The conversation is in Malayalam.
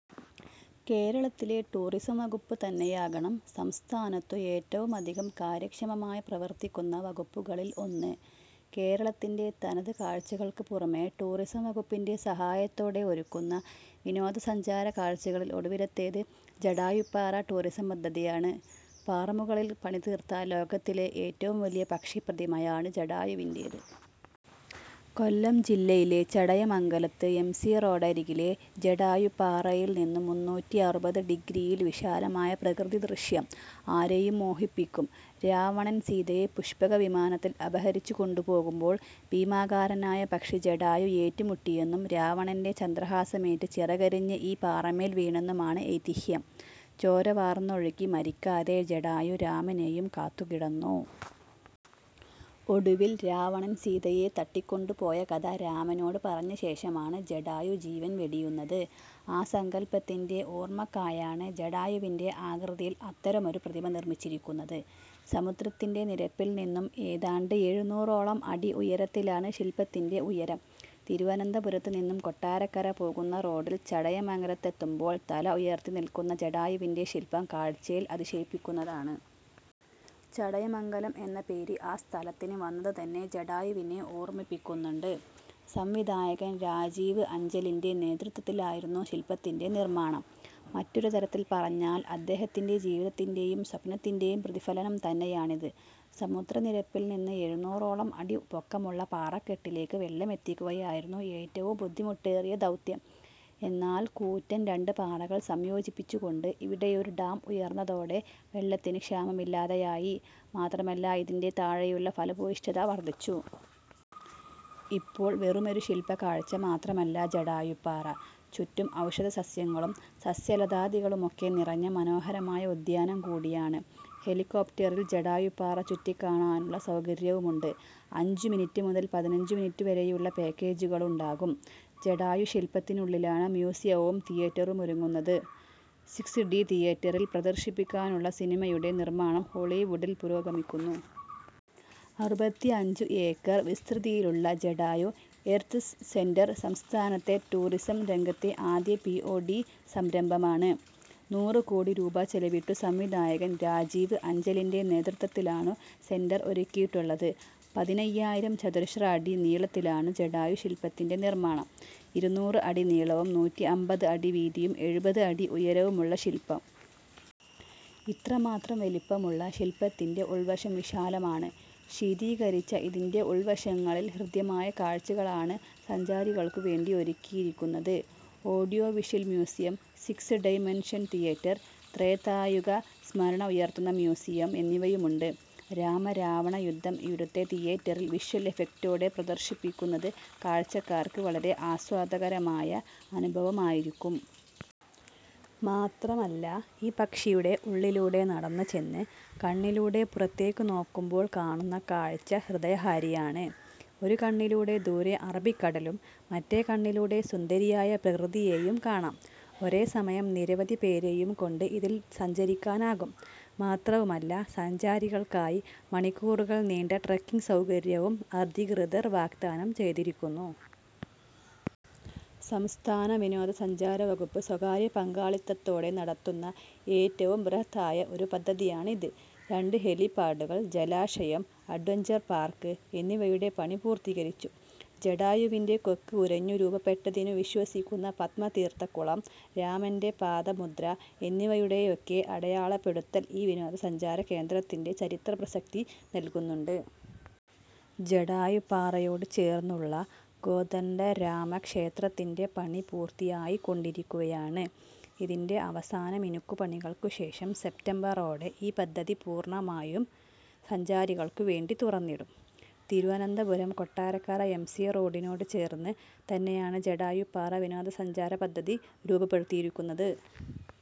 കേരളത്തിലെ ടൂറിസം വകുപ്പ് തന്നെയാകണം സംസ്ഥാനത്തു ഏറ്റവുമധികം കാര്യക്ഷമമായി പ്രവർത്തിക്കുന്ന വകുപ്പുകളിൽ ഒന്ന്. കേരളത്തിന്റെ തനത് കാഴ്ചകൾക്ക് പുറമെ ടൂറിസം വകുപ്പിന്റെ സഹായത്തോടെ ഒരുക്കുന്ന വിനോദ സഞ്ചാര കാഴ്ചകളിൽ ഒടുവിലത്തേത് ജടായുപ്പാറ ടൂറിസം പദ്ധതിയാണ്. പാറമുകളിൽ പണി തീർത്ത ലോകത്തിലെ ഏറ്റവും വലിയ പക്ഷി പ്രതിമയാണ് ജടായുവിന്റേത്. കൊല്ലം ജില്ലയിലെ ചടയമംഗലത്ത് എംസി റോഡരികിലെ ജടായുപ്പാറയിൽനിന്നു മുന്നൂറ്റിഅറുപത് ഡിഗ്രിയിൽ വിശാലമായ പ്രകൃതിദൃശ്യം ആരെയും മോഹിപ്പിക്കും. രാവണൻ സീതയെ പുഷ്പക വിമാനത്തിൽ അപഹരിച്ചു കൊണ്ടുപോകുമ്പോൾ ഭീമാകാരനായ പക്ഷി ജടായു ഏറ്റുമുട്ടിയെന്നും രാവണന്റെ ചന്ദ്രഹാസമേറ്റു ചിറകരിഞ്ഞ് ഈ പാറമേൽ വീണെന്നുമാണ് ഐതിഹ്യം. ചോര വാർന്നൊഴുകി മരിക്കാതെ ജടായു രാമനെയും കാത്തു കിടന്നു. ഒടുവിൽ രാവണൻ സീതയെ തട്ടിക്കൊണ്ടു പോയ കഥ രാമനോട് പറഞ്ഞ ശേഷമാണ് ജടായു ജീവൻ വെടിയുന്നത്. ആ സങ്കൽപ്പത്തിന്റെ ഓർമയ്ക്കായാണ് ജടായുവിന്റെ ആകൃതിയിൽ അത്തരമൊരു പ്രതിമ നിർമിച്ചിരിക്കുന്നത്. സമുദ്രത്തിന്റെ നിരപ്പിൽ നിന്നും ഏതാണ്ട് എഴുന്നൂറോളം അടി ഉയരത്തിലാണ് ശിൽപ്പത്തിന്റെ ഉയരം. തിരുവനന്തപുരത്ത് നിന്നും കൊട്ടാരക്കര പോകുന്ന റോഡിൽ ചടയമംഗലത്തെത്തുമ്പോൾ തല ഉയർത്തി നിൽക്കുന്ന ജടായുവിന്റെ ശിൽപം കാഴ്ചയിൽ അതിശയിപ്പിക്കുന്നതാണ്! ചടയമംഗലം എന്ന പേര് ആ സ്ഥലത്തിന് വന്നത് തന്നെ ജടായുവിനെ ഓർമിപ്പിക്കുന്നുണ്ട്. സംവിധായകൻ രാജീവ് അഞ്ചലിന്റെ നേതൃത്വത്തിലായിരുന്നു ശിൽപ്പത്തിന്റെ നിർമ്മാണം. മറ്റൊരു തരത്തിൽ പറഞ്ഞാൽ അദ്ദേഹത്തിന്റെ ജീവിതത്തിന്റെയും സ്വപ്നത്തിന്റെയും പ്രതിഫലനം തന്നെയാണിത്. സമുദ്രനിരപ്പിൽ നിന്ന് എഴുന്നൂറോളം അടി പൊക്കമുള്ള പാറക്കെട്ടിലേക്ക് വെള്ളമെത്തിക്കുകയായിരുന്നു ഏറ്റവും ബുദ്ധിമുട്ടേറിയ ദൗത്യം, എന്നാൽ കൂറ്റൻ രണ്ട് പാറകൾ സംയോജിപ്പിച്ചു കൊണ്ട് ഇവിടെയൊരു ഡാം ഉയർന്നതോടെ വെള്ളത്തിന് ക്ഷാമമില്ലാതെയായി, മാത്രമല്ല ഇതിന്റെ താഴെയുള്ള ഫലഭൂയിഷ്ഠത വർദ്ധിച്ചു. ഇപ്പോൾ വെറുമൊരു ശിൽപ കാഴ്ച മാത്രമല്ല ജടായുപ്പാറ, ചുറ്റും ഔഷധ സസ്യങ്ങളും സസ്യലതാദികളുമൊക്കെ നിറഞ്ഞ മനോഹരമായ ഉദ്യാനം കൂടിയാണ്. ഹെലികോപ്റ്ററിൽ ജടായുപ്പാറ ചുറ്റിക്കാണാനുള്ള സൗകര്യവുമുണ്ട്. അഞ്ചു മിനിറ്റ് മുതൽ പതിനഞ്ചു മിനിറ്റ് വരെയുളള പാക്കേജുകളുണ്ടാകും. ജടായു ശിൽപത്തിനുള്ളിലാണ് മ്യൂസിയവും തിയറ്ററുമൊരുങ്ങുന്നത്. സിക്സ് ഡി തിയറ്ററിൽ പ്രദർശിപ്പിക്കാനുള്ള സിനിമയുടെ നിർമാണം ഹോളിവുഡിൽ പുരോഗമിക്കുന്നു. അറുപത്തിഅഞ്ചു ഏക്കർ വിസ്തൃതിയിലുള്ള ജടായു എർത്സ് സെന്റർ സംസ്ഥാനത്തെ ടൂറിസം രംഗത്തെ ആദ്യ ബിഒടി സംരംഭമാണ്. നൂറ് കോടി രൂപ ചെലവിട്ടു സംവിധായകൻ രാജീവ് അഞ്ചലിന്റെ നേതൃത്വത്തിലാണു സെന്റർ ഒരുക്കിയിട്ടുള്ളത്. പതിനയ്യായിരം ചതുരശ്ര അടി നീളത്തിലാണ് ജടായു ശിൽപ്പത്തിന്റെ നിർമ്മാണം. ഇരുനൂറ് അടി നീളവും നൂറ്റിഅമ്പത് അടി വീതിയും എഴുപത് അടി ഉയരവുമുള്ള ശിൽപ്പം. ഇത്രമാത്രം വലുപ്പമുള്ള ശിൽപ്പത്തിന്റെ ഉൾവശം വിശാലമാണ്. ശീതീകരിച്ച ഇതിന്റെ ഉൾവശങ്ങളിൽ ഹൃദ്യമായ കാഴ്ചകളാണ് സഞ്ചാരികൾക്കു വേണ്ടി ഒരുക്കിയിരിക്കുന്നത്. Audiovisual museum, six dimension theatre, ത്രേതായുഗ സ്മരണ ഉയർത്തുന്ന മ്യൂസിയം എന്നിവയുമുണ്ട്. രാമ-രാവണ യുദ്ധം ഇവിടുത്തെ തീയേറ്ററിൽ വിഷ്വൽ എഫക്ടോടെ പ്രദർശിപ്പിക്കുന്നത് കാഴ്ചക്കാർക്ക് വളരെ ആസ്വാദ്യകരമായ അനുഭവമായിരിക്കും. മാത്രമല്ല ഈ പക്ഷിയുടെ ഉള്ളിലൂടെ നടന്നു ചെന്ന് കണ്ണിലൂടെ പുറത്തേക്ക് നോക്കുമ്പോൾ കാണുന്ന കാഴ്ച ഹൃദയഹാരിയാണ്. ഒരു കണ്ണിലൂടെ ദൂരെ അറബിക്കടലും മറ്റേ കണ്ണിലൂടെ സുന്ദരിയായ പ്രകൃതിയെയും കാണാം. ഒരേ സമയം നിരവധി പേരെയും കൊണ്ട് ഇതിൽ സഞ്ചരിക്കാനാകും. മാത്രവുമല്ല സഞ്ചാരികൾക്കായി മണിക്കൂറുകൾ നീണ്ട ട്രെക്കിങ്ങ് സൗകര്യവും അധികൃതർ വാഗ്ദാനം ചെയ്തിരിക്കുന്നു. സംസ്ഥാന വിനോദ സഞ്ചാര വകുപ്പ് സ്വകാര്യ പങ്കാളിത്തത്തോടെ നടത്തുന്ന ഏറ്റവും ബൃഹദ് ആയ ഒരു പദ്ധതിയാണ് ഇത്. രണ്ട് ഹെലിപാഡുകൾ, ജലാശയം, അഡ്വഞ്ചർ പാർക്ക്, എന്നിവയുടെ പണി പൂർത്തീകരിച്ചു. ജടായുവിന്റെ കൊക്ക് ഉരഞ്ഞു രൂപപ്പെട്ടതിനു വിശ്വസിക്കുന്ന പദ്മതീർത്ഥക്കുളം, രാമന്റെ പാദമുദ്ര എന്നിവയുടെയൊക്കെ അടയാളപ്പെടുത്തൽ ഈ വിനോദ സഞ്ചാര കേന്ദ്രത്തിന്റെ ചരിത്ര പ്രസക്തി നൽകുന്നുണ്ട്. ജടായുപ്പാറയോടു ചേർന്നുള്ള കോദണ്ഡരാമ ക്ഷേത്രത്തിന്റെ പണി പൂർത്തിയായിക്കൊണ്ടിരിക്കുകയാണ്. ഇതിന്റെ അവസാന മിനുക്കുപണികൾക്കു ശേഷം സെപ്റ്റംബറോടെ ഈ പദ്ധതി പൂർണമായും സഞ്ചാരികൾക്കു വേണ്ടി തുറന്നിടും. തിരുവനന്തപുരം–കൊട്ടാരക്കര എം സി റോഡിനോട് ചേർന്ന് തന്നെയാണ് ജടായുപ്പാറ വിനോദ സഞ്ചാര പദ്ധതി രൂപപ്പെടുത്തിയിരിക്കുന്നത്.